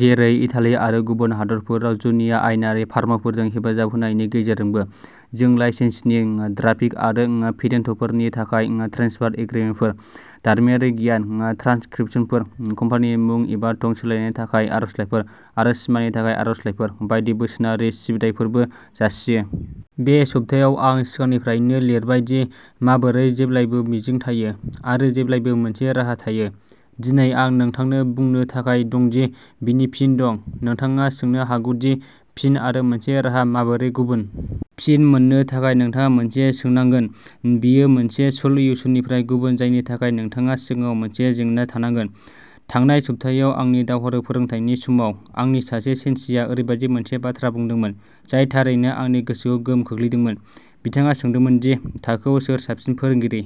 जेरै, इटाली आरो गुबुन हादोरफोराव जुनिया आयेनारि फार्मफोरजों हेफाजाब होनायनि गेजेरजोंबो। जों लाइसेन्सनि ड्राफ्टिं आरो पेटेन्टफोरनि थाखाय ट्रेन्सफार एग्रिमेन्टफोर, दारिमिनारि गियान, ट्रान्सक्रिप्शनफोर, कम्पानिनि मुं एबा थं सोलायनायनि थाखाय आर'जलाइफोर आरो सिमानि थाखाय आर'जलाइफोर बायदि बोसोनारि सिबिथाइफोरबो जासियो। बे सप्तायाव आं सिगांनिफ्रायनो लिरबाय दि माबोरै जेब्लाबो मिजिं थायो, आरो जेब्लाबो मोनसे राहा थायो। दिनै आं नोंथांनो बुंनो थाखाय दं दि बेनि फिन दं। नोंथाङा सोंनो हागौ दि फिन आरो मोनसे राहा माबोरै गुबुन। फिन मोननो थाखाय, नोंथाङा मोनसे सोंनांगोन। बेयो मोनसे सल्युसननिफ्राय गुबुन-जायनि थाखाय नोंथांहा सिगाङाव मोनसे जेंना थानांगौ। थांनाय सप्तायाव आंनि दावहारु फोरोंथायनि समाव, आंनि सासे सेन्सिया ओरैबायदि मोनसे बाथ्रा बुंदोंमोन जाय थारैनो आंनि गोसोखौ गोहोम खोख्लैदोंमोनः बिथाङा सोंदोंमोन दि थाखोयाव सोर साबसिन फोरोंगिरि।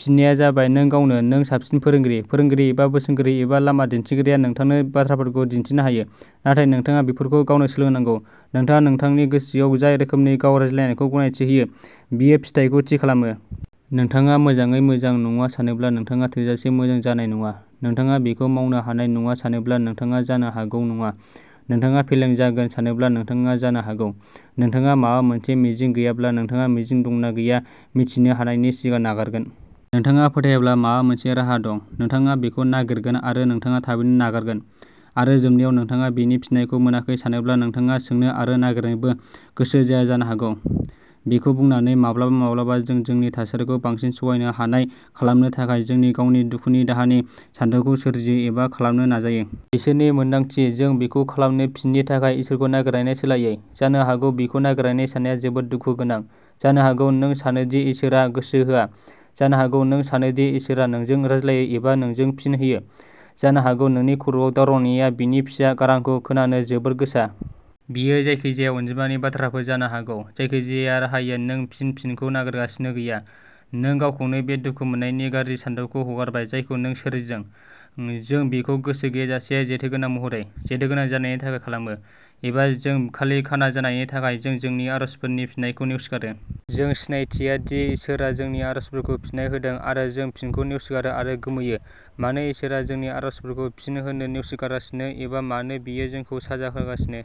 फिननाया जाबायः नों गावनो! नों साबसिन फोरोंगिरि। फोरोंगिरि एबा बोसोनगिरि एबा लामा दिन्थिग्राया नोंथांनो बाथ्राफोरखौ दिन्थिनो हायो, नाथाय नोंथाङा बेफोरखौ गावनो सोलोंनांगोन। नोंथाङा नोंथांनि गोसोआव जाय रोखोमनि गाव-रायज्लायनायखौ गनायथि होयो, बेयो फिथायखौ थि खालामो। नोंथाङा मोजाङै मोजां नङा सानोब्ला, नोंथाङा थोजासे मोजां जानाय नङा। नोंथाङा बेखौ मावनो हानाय नङा सानोब्ला, नोंथाङा जानो हागौ नङा। नोंथाङा फेलें जागोन सानोब्ला, नोंथाङा जानो हागौ। नोंथाङा माबा मोनसेखौ मिजिं गैयाब्ला, नोंथाङा मिजिं दं ना गैया मिथिनो हानायनि सिगां नागारगोन। नोंथाङा फोथायाब्ला माबा मोनसे राहा दं, नोंथाङा बेखौ नागिरगोन आरो नोंथाङा थाबैनो नागारगोन। आरो जोबनायाव, नोंथाङा बेनि फिननायखौ मोनाखै सानोब्ला, नोंथाङा सोंनो आरो नागिरनोबो गोसो जाया जानो हागौ। बेखौ बुंनानै, माब्लाबा-माब्लाबा जों जोंनि थासारिखौ बांसिन सहायनो हानाय खालामनो थाखाय जोंनि गावनि दुखु-दाहानि सानथौखौ सोरजियो, एबा खालामनो नाजायो। बिसोरनि मोन्दांथि। जों बेखौ खालामो फिननि थाखाय इसोरखौ नागिरनायनि सोलायै। जानो हागौ बिखौ नागिरनायनि साननाया जोबोद दुखु गोनां; जानो हागौ नों सानो दि इसोरआ गोसो होआ; जानो हागौ नों सानो दि इसोरआ नोंजों रायज्लायो एबा जोंनो फिन होयो; जानो हागौ नोंनि खर'आव दावरावनाया बिनि फिसा गारांखौ खोनानो जोबोद गोसा। बेयो जायखिजाया अनजिमानि बाथ्राफोर जानो हागौ। जायखिजाया राहायै, नों फिन फिनखौ नागिरगासिनो गैया। नों गावखौनो बे दुखु मोन्नायनि गाज्रि सानथौखौ हगारबाय जायखौ नों सोरजिदों। जों बेखौ गोसो गैयाजासे, जेथोगोनां महरै जेथोगोनां जानायनि थाखाय खालामो, एबा जों खालि खाना जानायनि थाखाय, जों जोंनि आरजफोरनि फिननायखौ नेवसिगारो। जों सिनायथिया दि इसोरआ जोंनि आरजफोरखौ फिननाय होदों, आरो जों फिनखौ नेवसिगारो आरो गोमोयो मानो इसोरआ जोंनि आरजफोरखौ फिन होनो'नेवसिगारगासिनो ', एबा मानो बियो जोंखौ साजा होगासिनो।